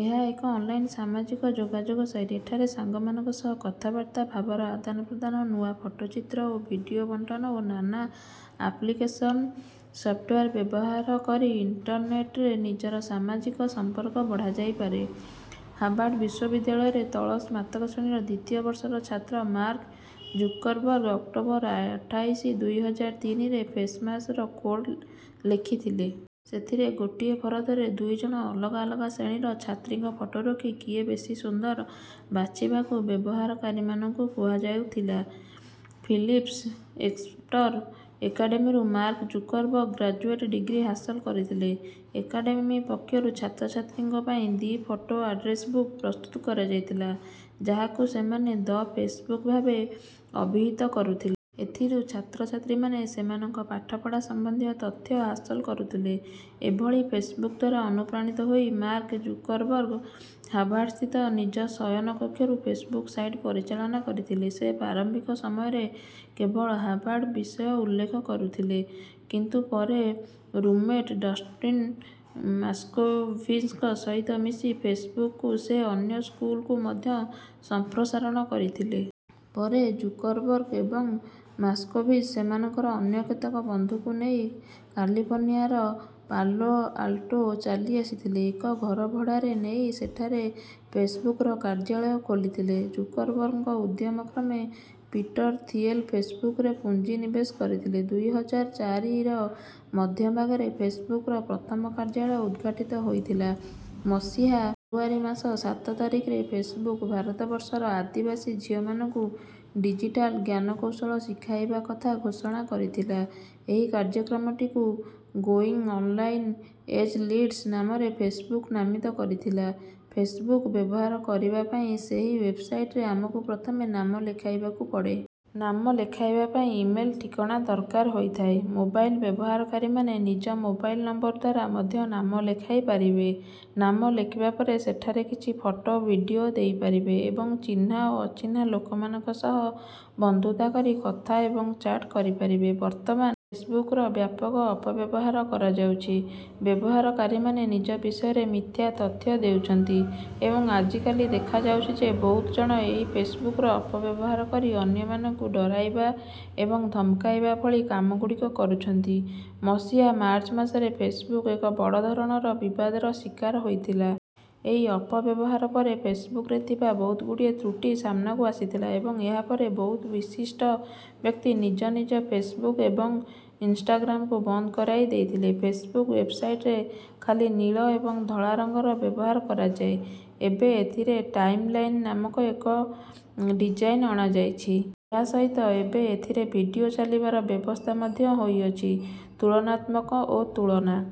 ଏହା ଏକ ଅନ୍‌ଲାଇନ୍ ସାମାଜିକ ଯୋଗାଯୋଗ ସାଇଟ୍। ଏଠାରେ ସାଙ୍ଗମାନଙ୍କ ସହ କଥାବାର୍ତ୍ତା, ଭାବର ଆଦାନପ୍ରଦାନ, ନୂଆ ଫଟୋଚିତ୍ର ଓ ଭିଡିଓ ବଣ୍ଟନ ଓ ନାନା ଆପ୍ଲିକେସନ୍ ସଫ୍ଟୱେର୍ ବ୍ୟବହାର କରି ଇଣ୍ଟରନେଟ୍‌ରେ ନିଜର ସାମାଜିକ ସମ୍ପର୍କ ବଢ଼ାଯାଇପାରେ। ହାର୍ଭାର୍ଡ ବିଶ୍ୱବିଦ୍ୟାଳୟରେ ତଳ-ସ୍ନାତକ ଶ୍ରେଣୀର ଦ୍ୱିତୀୟ ବର୍ଷର ଛାତ୍ର ମାର୍କ ଜୁକରବର୍ଗ ଅକ୍ଟୋବର ଅଠାଇଶ, ଦୁଇ ହଜାର ତିନିରେ ଫେସ୍‌ମାସ୍‌ର କୋଡ୍ ଲେଖିଥିଲେ। ସେଥିରେ ଗୋଟିଏ ଫରଦରେ ଦୁଇଜଣ ଅଲଗା ଅଲଗା ଶ୍ରେଣୀର ଛାତ୍ରୀଙ୍କ ଫଟୋ ରଖି କିଏ ବେଶି ସୁନ୍ଦର ବାଛିବାକୁ ବ୍ୟବହାରକାରୀମାନଙ୍କୁ କୁହାଯାଉଥିଲା। ଫିଲିପ୍ସ ଏକ୍ସଟର ଏକାଡେମୀରୁ ମାର୍କ ଜୁକରବର୍ଗ ଗ୍ରାଜୁଏଟ୍ ଡିଗ୍ରୀ ହାସଲ କରିଥିଲେ। ଏକାଡେମୀ ପକ୍ଷରୁ ଛାତ୍ରଛାତ୍ରୀଙ୍କ ପାଇଁ ଦି ଫୋଟୋ ଆଡ୍ରେସ୍ ବୁକ୍ ପ୍ରସ୍ତୁତ କରାଯାଇଥିଲା, ଯାହାକୁ ସେମାନେ ଦ ଫେସ୍‌ବୁକ୍ ଭାବେ ଅଭିହିତ କରୁଥିଲେ। ଏଥିରୁ ଛାତ୍ରଛାତ୍ରୀମାନେ ସେମାନଙ୍କ ପାଠପଢ଼ା ସମ୍ବନ୍ଧୀୟ ତଥ୍ୟ ହାସଲ କରୁଥିଲେ। ଏଭଳି ଫେସ୍‌ବୁକ୍ ଦ୍ୱାରା ଅନୁପ୍ରାଣିତ ହୋଇ ମାର୍କ ଜୁକରବର୍ଗ ହାର୍ଭାର୍ଡ ସ୍ଥିତ ନିଜ ଶୟନ କକ୍ଷରୁ ଫେସ୍‌ବୁକ୍ ସାଇଟ୍ ପରିଚାଳନା କରିଥିଲେ। ସେ ପ୍ରାରମ୍ଭିକ ସମୟରେ କେବଳ ହାର୍ଭାର୍ଡ ବିଷୟ ଉଲ୍ଲେଖ କରୁଥିଲେ। କିନ୍ତୁ ପରେ ରୁମ୍‌ମେଟ୍ ଡଷ୍ଟିନ୍ ମୋସ୍କୋଭିଜ୍‌ଙ୍କ ସହିତ ମିଶି ଫେସ୍‌ବୁକ୍‌କୁ ସେ ଅନ୍ୟ ସ୍କୁଲ୍‌କୁ ମଧ୍ୟ ସମ୍ପ୍ରସାରଣ କରିଥିଲେ। ପରେ ଜୁକରବର୍ଗ ଏବଂ ମୋସ୍କୋଭିଜ୍ ସେମାନଙ୍କର ଅନ୍ୟ କେତେକ ବନ୍ଧୁଙ୍କୁ ନେଇ କାଲିଫର୍ଣ୍ଣିଆର ପାଲୋ ଆଲ୍ଟୋ ଚାଲିଆସିଥିଲେ। ଏକ ଘର ଭଡ଼ାରେ ନେଇ ସେଠାରେ ଫେସ୍‌ବୁକ୍‌ର କାର୍ଯ୍ୟାଳୟ ଖୋଲିଥିଲେ। ଜୁକରବର୍ଗଙ୍କ ଉଦ୍ୟମ କ୍ରମେ ପିଟର ଥିଏଲ୍ ଫେସ୍‌ବୁକ୍‌ରେ ପୁଞ୍ଜି ନିବେଶ କରିଥିଲେ। ଦୁଇ ହଜାର ଚାରିର ମଧ୍ୟଭାଗରେ ଫେସ୍‌ବୁକ୍‌ର ପ୍ରଥମ କାର୍ଯ୍ୟାଳୟ ଉଦ୍‌ଘାଟିତ ହୋଇଥିଲା। ମସିହା ଫେବ୍ରୁଆରୀ ମାସ ସାତ ତାରିଖରେ ଫେସ୍‌ବୁକ୍, ଭାରତବର୍ଷର ଆଦିବାସୀ ଝିଅମାନଙ୍କୁ ଡିଜିଟାଲ୍ ଜ୍ଞାନକୌଶଳ ଶିଖାଇବା କଥା ଘୋଷଣା କରିଥିଲା। ଏହି କାର୍ଯ୍ୟକ୍ରମଟିକୁ ଗୋଇଙ୍ଗ୍ ଅନ୍‌ଲାଇନ୍ ଏଜ୍ ଲିଡର୍ସ ନାମରେ ଫେସ୍‌ବୁକ୍ ନାମିତ କରିଥିଲା। ଫେସ୍‌ବୁକ୍ ବ୍ୟବହାର କରିବା ପାଇଁ ସେହି ୱେବ୍‌ସାଇଟ୍‌ରେ ଆମକୁ ପ୍ରଥମେ ନାମ ଲେଖାଇବାକୁ ପଡ଼େ। ନାମ ଲେଖାଇବା ପାଇଁ ଇମେଲ୍ ଠିକଣା ଦରକାର ହୋଇଥାଏ। ମୋବାଇଲ୍ ବ୍ୟବହାରକାରୀମାନେ ନିଜ ମୋବାଇଲ୍ ନମ୍ବର ଦ୍ୱାରା ମଧ୍ୟ ନାମ ଲେଖାଇ ପାରିବେ। ନାମ ଲେଖିଲା ପରେ ସେଠାରେ କିଛି ଫଟୋ, ଭିଡିଓ ଦେଇପାରିବେ ଏବଂ ଚିହ୍ନା ଓ ଅଚିହ୍ନା ଲୋକମାନଙ୍କ ସହ ବନ୍ଧୁତା କରି କଥା ଏବଂ ଚାଟ୍ କରିପାରିବେ। ବର୍ତ୍ତମାନ ଫେସ୍‌ବୁକ୍‌ର ବ୍ୟାପକ ଅପବ୍ୟବହାର କରାଯାଉଛି। ବ୍ୟବହାରକାରୀମାନେ ନିଜ ବିଷୟରେ ମିଥ୍ୟା ତଥ୍ୟ ଦେଉଛନ୍ତି। ଏବଂ ଆଜିକାଲି ଦେଖାଯାଉଛି ଯେ, ବହୁତ ଜଣ ଏହି ଫେସ୍‌ବୁକ୍‌ର ଅପବ୍ୟବହାର କରି ଅନ୍ୟମାନଙ୍କୁ ଡରାଇବା ଏବଂ ଧମକାଇବା ଭଳି କାମଗୁଡ଼ିକ କରୁଛନ୍ତି। ମସିହା ମାର୍ଚ୍ଚ ମାସରେ ଫେସ୍‌ବୁକ୍ ଏକ ବଡ଼ ଧରଣର ବିବାଦର ଶିକାର ହୋଇଥିଲା। ଏହି ଅପବ୍ୟବହାର ପରେ ଫେସ୍‌ବୁକ୍‌ରେ ଥିବା ବହୁତଗୁଡ଼ିଏ ତ୍ରୁଟି ସାମ୍ନାକୁ ଆସିଥିଲା। ଏବଂ ଏହାପରେ ବହୁତ ବିଶିଷ୍ଟ ବ୍ୟକ୍ତି ନିଜ ନିଜ ଫେସ୍‌ବୁକ୍ ଏବଂ ଇନ୍‌ଷ୍ଟାଗ୍ରାମ୍‌କୁ ବନ୍ଦ କରାଇ ଦେଇଥିଲେ। ଫେସ୍‌ବୁକ୍ ୱେବ୍‌ସାଇଟ୍‌ରେ ଖାଲି ନୀଳ ଏବଂ ଧଳା ରଙ୍ଗର ବ୍ୟବହାର କରାଯାଏ। ଏବେ ଏଥିରେ 'ଟାଇମ୍‌ଲାଇନ୍' ନାମକ ଏକ ଡିଜାଇନ୍ ଅଣାଯାଇଛି। ଏହା ସହିତ ଏବେ ଏଥିରେ ଭିଡିଓ ଚାଲିବାର ବ୍ୟବସ୍ଥା ମଧ୍ୟ ହୋଇଅଛି। ତୁଳନାତ୍ମକ ଓ ତୁଳନା।